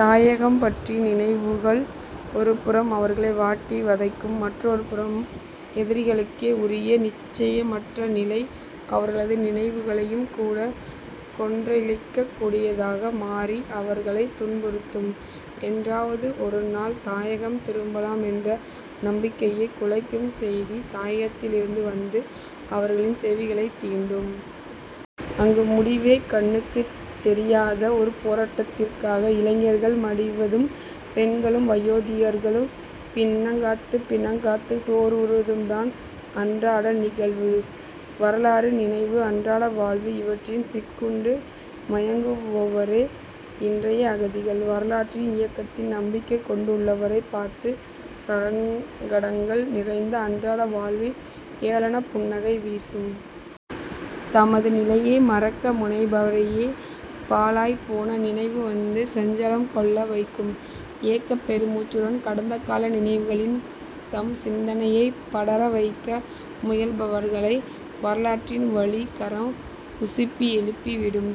தாயகம் பற்றிய நினைவுகள் ஒருபுறம் அவர்களை வாட்டி வதைக்கும். மற்றோர் புறமோ எதிலிகளுக்கே உரிய நிச்சயமற்ற நிலை அவர்களது நினைவுகளையும் கூட கொன்றழிக்கக் கூடியதாக மாறி அவர்களைத் துன்புறுத்தும். என்றாவது ஒருநாள் தாயகம் திரும்பலாம் என்ற நம்பிக்கையைக் குலைக்கும் செய்திகள் தாயகத்திலிருந்து வந்து, அவர்களது செவிகளைத் தீண்டும். அங்கு முடிவே கண்ணுக்குத் தொயாத ஒரு போராட்டத்திற்காக இளைஞர்கள் மடிவதும் பெண்களும் வயோதிகர்களும் பிணங்காத்துப் பிணங்காத்துச் சோர்வுறுவதும்தான் அன்றாட நிகழ்வுகள். வரலாறு, நினைவு, அன்றாட வாழ்வு இவற்றில் சிக்குண்டு மனங்குமுறுபவரே இன்றைய அகதிகள். வரலாற்றின் இயக்கத்தில் நம்பிக்கை கொண்டுள்ளவரைப் பார்த்து சங்கடங்கள் நிறைந்த அன்றாட வாழ்வு ஏளனப் புன்னகை வீசும். தமது நிலையை மறக்க முனைபவரைப் பாழாய்ப் போன நினைவு வந்து சஞ்சலம் கொள்ள வைக்கும். ஏக்கப் பெருமூச்சுடன் கடந்தகால நினைவுகளில் தம் சிந்தனையைப் படர வைக்க முயல்பவர்களை வரலாற்றின் வலிய கரம் உசுப்பி எழுப்பி விடும்.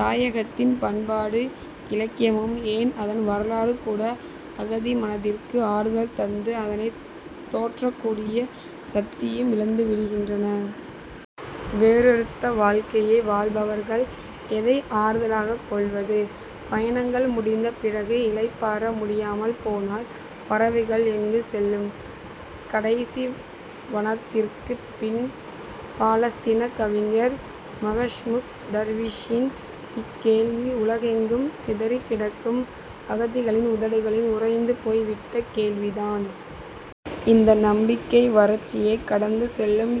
தாயகத்தின் பண்பாடும் இலக்கியமும், ஏன் அதன் வரலாறும் கூட, அகதி மனத்திற்கு ஆறுதல் தந்து அதனைத் தேற்றக்கூடிய சக்தியை இழந்து விடுகின்றன. வேரறுந்த வாழ்க்கையை வாழ்பவர்கள் எதை ஆறுதலாகக் கொள்வது? பயணங்கள் முடிந்த பிறகும் இளைப்பாற முடியாமல் போனால்? "பறவைகள் எங்கு செல்லும், கடைசி வானத்திற்குப் பின்? " பாலஸ்தீனியக் கவிஞர் மஹ்மூக் தார்வீஷின் இக்கேள்வி உலகமெங்கும் சிதறிக் கிடக்கும் அகதிகளின் உதடுகளில் உறைந்து போய் விட்ட கேள்விதான். இந்த நம்பிக்கை வறட்சியைக் கடந்து செல்லும்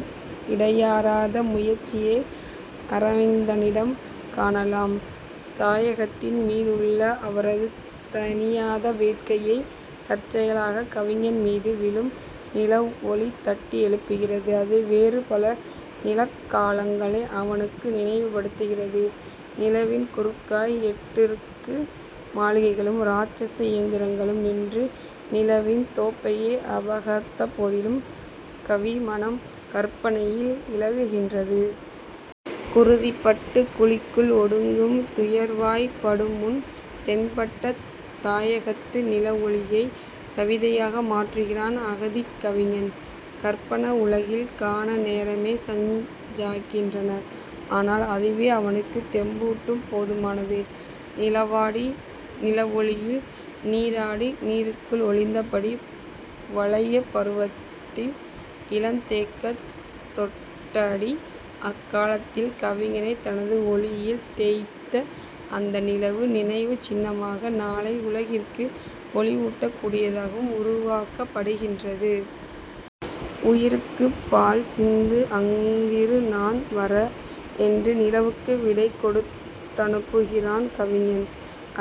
இடையறாத முயற்சியை அரவிந்தனிடம் காணலாம். தாயகத்தின் மீதுள்ள அவரது தணியாத வேட்கையை, தற்செயலாகக் கவிஞன் மீது விழும் நிலவொளி தட்டியெழுப்புகிறது. அது வேறுபல நிலாக் காலங்களை அவனுக்கு நினைவுபடுத்துகிறது. "நிலவின் குறுக்காய்" எட்டடுக்கு மாளிகைகளும் இராட்சத இயந்திரங்களும் நின்று நிலவின் தோபையை அபகாத்த போதிலும் கவி மனம் கற்பனையில் இலயிக்கின்றது. 'குருதிபட்டு குழிக்குள் ஒடுங்கும் துயர்வாய்ப் படுமுன்னம்' தென்பட்ட தாயகத்து நிலவொளியைக் கவிதையாக மாற்றுகிறான் அகதிக் கவிஞன். கற்பனா உலகில் கண நேரமே சஞ்சாக்கிறான். ஆனால் அதுவே அவனுக்குத் தெம்பூட்டப் போதுமானது: நிலவாடி நிலவொளியில் நீராடி நீருக்குள் ஒளிந்தாடி வலைப் பருவத்தார் இளந்தேகம் தொட்டாடி அக்காலத்தில் கவிஞனை தனது ஒளியில் 'தோய்ந்த' அந்நிலவு, நினைவுச் சின்னமாகவும் நாளைய உலகிற்கு ஒளியூட்டக் கூடியதாகவும் உருவகப்படுத்தப்படுகிறது. உயிருக்கு பால் சிந்து அங்கிரு நான் வர..... என்று நிலவுக்கு விடை கொடுத்தனுப்புகிறான் கவிஞன்.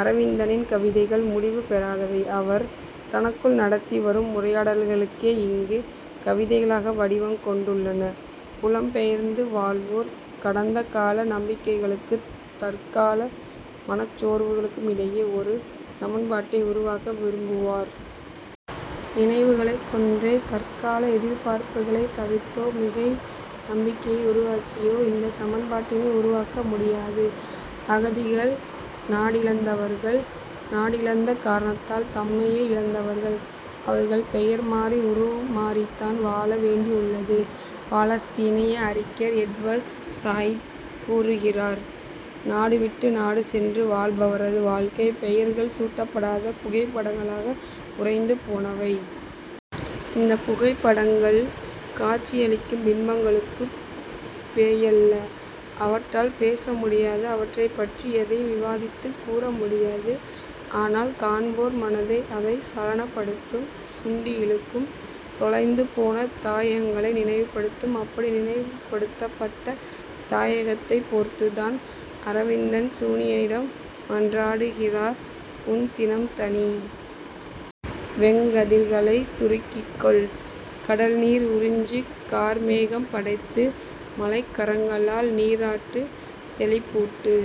அரவிந்தனின் கவிதைகள் முடிவு பெறாதவை. அவர் தனக்குள் நடத்தி வரும் உரையாடல்களே இங்கு கவிதைகளாக வடிவங் கொண்டுள்ளன. புலம் பெயர்ந்து வாழ்வோர் கடந்தகால நம்பிக்கைகளுக்கும் தற்கால மனச்சோர்வுக்குமிடையே ஒரு சமன்பாட்டை உருவாக்க விரும்புவர். நினைவுகளைக் கொன்றோ, தற்கால எதிர்பார்ப்புகளைத் தவிர்த்தோ, மிகை நம்பிக்கைகளை உருவாக்கியோ இந்தச் சமன்பாட்டை உருவாக்க முடியாது. அகதிகள் நாடிழந்தவர்கள்; நாடிழந்த காரணத்தால் தம்மையே இழந்தவர்கள். அவர்கள் பெயர் மாறி, உருமாறித்தான் வாழ வேண்டியுள்ளது. பாலஸ்தீனிய அறிஞர் எட்வர்ட் சய்து கூறுகிறார்: நாடு விட்டு நாடு சென்று வாழ்பவரது வாழ்க்கை, பெயர்கள் சூட்டப்படாத புகைப்படங்களாக உறைந்து போனவை. இந்தப் புகைப்படங்களில் காட்சியளிக்கும் பிம்பங்களுக்குப் பெயால்லை. அவற்றால் பேச முடியாது. அவற்றைப் பற்றி எதையும் விவாத்துக் கூற முடியாது. ஆனால் காண்போர் மனத்தை அவை சலனப்படுத்தும் சுண்டியிழுக்கும். தொலைந்துபோன தாயகங்களை நினைவுபடுத்தும். அப்படி நினைவுபடுத்தப்பட்ட தாயகத்தின் பொருட்டுத் தான் அரவிந்தன் சூயனிடம் மன்றாடுகிறார், உன் சினம் தணி! வெங்கதிர்களை சுருக்கிக் கொள்! கடல் நீர் உறிஞ்சி கார்மேகம் படைத்து மழைக்கரங்களால் நீராட்டு, செழிப்பூட்டு,